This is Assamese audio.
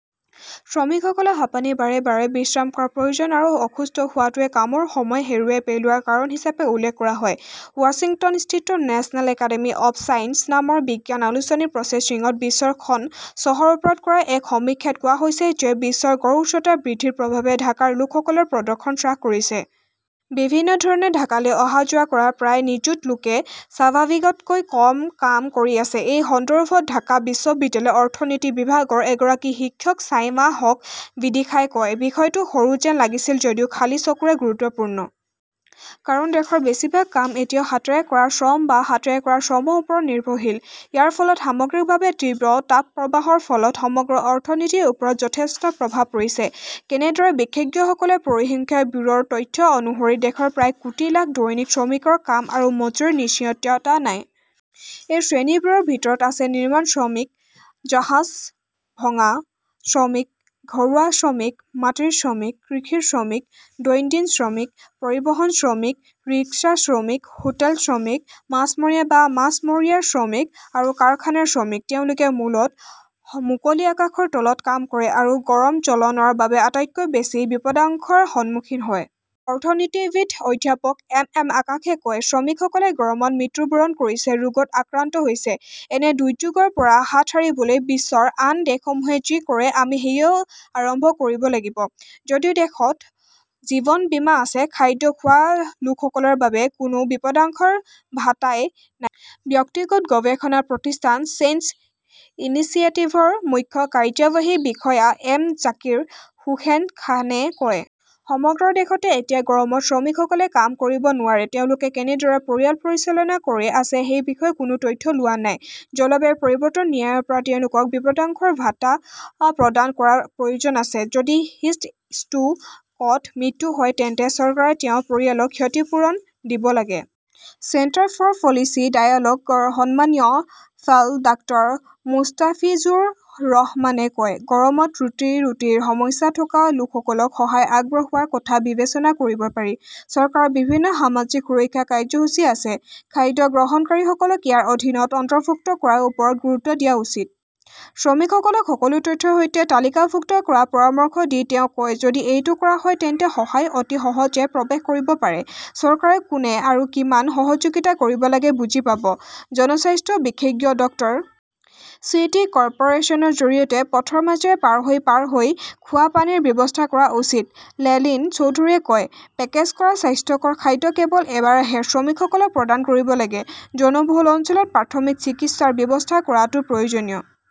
শ্ৰমিকসকলৰ হাঁপানি, বাৰে বাৰে বিশ্ৰাম কৰাৰ প্ৰয়োজন আৰু অসুস্থ হোৱাটোৱে কামৰ সময় হেৰুৱাই পেলোৱাৰ কাৰণ হিচাপে উল্লেখ কৰা হয়। ৱাশ্বিংটনস্থিত নেশ্যনেল একাডেমী অৱ চাইন্সেছ নামৰ বিজ্ঞান আলোচনী প্ৰচেছিংত বিশ্বৰ খন চহৰৰ ওপৰত কৰা এক সমীক্ষাত কোৱা হৈছে যে বিশ্বৰ গড় উষ্ণতা বৃদ্ধিৰ প্ৰভাৱে ঢাকাৰ লোকসকলৰ প্ৰদৰ্শন হ্ৰাস কৰিছে। বিভিন্ন ধৰণে ঢাকালৈ অহা-যোৱা কৰা প্ৰায় নিযুত লোকে স্বাভাৱিকতকৈ কম কাম কৰি আছে। এই সন্দৰ্ভত ঢাকা বিশ্ববিদ্যালয়ৰ অৰ্থনীতি বিভাগৰ এগৰাকী শিক্ষক চাইমা হক বিদিশাই কয়, বিষয়টো সৰু যেন লাগিছিল যদিও খালী চকুৰে গুৰুত্বপূৰ্ণ। কাৰণ দেশৰ বেছিভাগ কাম এতিয়াও হাতেৰে কৰা শ্ৰম বা হাতেৰে কৰা শ্ৰমৰ ওপৰত নিৰ্ভৰশীল। ইয়াৰ ফলত সামগ্ৰিকভাৱে তীব্ৰ তাপপ্ৰবাহৰ ফলত সমগ্ৰ অৰ্থনীতিৰ ওপৰত যথেষ্ট প্ৰভাৱ পৰিছে। কেনেদৰে বিশেষজ্ঞসকলে পৰিসংখ্যা ব্যুৰোৰ তথ্য অনুসৰি দেশৰ প্ৰায় কোটি লাখ দৈনিক শ্ৰমিকৰ কাম আৰু মজুৰিৰ নিশ্চয়তা নাই। এই শ্ৰেণীবোৰৰ ভিতৰত আছে নিৰ্মাণ শ্ৰমিক, জাহাজ ভঙা শ্ৰমিক, ঘৰুৱা শ্ৰমিক, মাটিৰ শ্ৰমিক, কৃষি শ্ৰমিক, দৈনন্দিন শ্ৰমিক, পৰিবহণ শ্ৰমিক, ৰিক্সা শ্ৰমিক, হোটেল শ্ৰমিক, মাছমৰীয়া বা মাছমৰীয়া শ্ৰমিক আৰু কাৰখানাৰ শ্ৰমিক। তেওঁলোকে মূলতঃ মুকলি আকাশৰ তলত কাম কৰে আৰু গৰম জ্বলনৰ বাবে আটাইতকৈ বেছি বিপদাশংকাৰ সন্মুখীন হয়। অৰ্থনীতিবিদ অধ্যাপক এম এম আকাশে কয়, শ্ৰমিকসকলে গৰমত মৃত্যুবৰণ কৰিছে, ৰোগত আক্ৰান্ত হৈছে। এনে দুৰ্যোগৰ পৰা হাত সাৰিবলৈ বিশ্বৰ আন দেশসমূহে যি কৰে আমি সেয়াও আৰম্ভ কৰিব লাগিব। যদিও দেশত জীৱন বীমা আছে, খাদ্য খোৱা লোকসকলৰ বাবে কোনো বিপদাংশৰ ভাতাই নাই, ব্যক্তিগত গৱেষণা প্ৰতিষ্ঠান চেঞ্জ ইনিচিয়েটিভৰ মুখ্য কাৰ্যবাহী বিষয়া এম জাকিৰ হোসেন খানে কয়। সমগ্ৰ দেশতে এতিয়া গৰমত শ্ৰমিকসকলে কাম কৰিব নোৱাৰে। তেওঁলোকে কেনেদৰে পৰিয়াল পৰিচালনা কৰি আছে সেই বিষয়েও কোনো তথ্য লোৱা হোৱা নাই। জলবায়ু পৰিৱৰ্তন ন্যাসৰ পৰা তেওঁলোকক বিপদাংশৰ ভাত্তা প্ৰদান কৰাৰ প্ৰয়োজন আছে। যদি হিট ষ্ট্ৰ 'কত মৃত্যু হয় তেন্তে চৰকাৰে তেওঁৰ পৰিয়ালক ক্ষতিপূৰণ দিব লাগে। চেণ্টাৰ ফৰ পলিচি ডায়ালগ ৰ সন্মানীয় ফেল 'ডাঃ মুস্তাফিজুৰ ৰহমানে কয়, গৰমত ৰুটি-ৰুটিৰ সমস্যা থকা লোকসকলক সহায় আগবঢ়োৱাৰ কথা বিবেচনা কৰিব পাৰি। চৰকাৰৰ বিভিন্ন সামাজিক সুৰক্ষা কাৰ্যসূচী আছে। খাদ্য গ্ৰহণকাৰীসকলক ইয়াৰ অধীনত অন্তৰ্ভুক্ত কৰাৰ ওপৰত গুৰুত্ব দিয়া উচিত। শ্ৰমিকসকলক সকলো তথ্যৰ সৈতে তালিকাভুক্ত কৰাৰ পৰামৰ্শ দি তেওঁ কয় যদি এইটো কৰা হয় তেন্তে সহায় অতি সহজে প্ৰৱেশ কৰিব পাৰে। চৰকাৰেও কোনে আৰু কিমান সহযোগিতা কৰিব লাগে বুজি পাব। জনস্বাস্থ্য বিশেষজ্ঞ ড. চি টি কৰ্পোৰেচনৰ জৰিয়তে পথৰ মাজেৰে পাৰ হৈ পাৰ হৈ খোৱা পানীৰ ব্যৱস্থা কৰা উচিত লেলিন চৌধুৰীয়ে কয়। পেকেজ কৰা স্বাস্থ্যকৰ খাদ্য কেৱল এবাৰহে শ্ৰমিকসকলক প্ৰদান কৰিব লাগে। জনবহুল অঞ্চলত প্ৰাথমিক চিকিৎসাৰ ব্যৱস্থা কৰাটো প্ৰয়োজনীয়।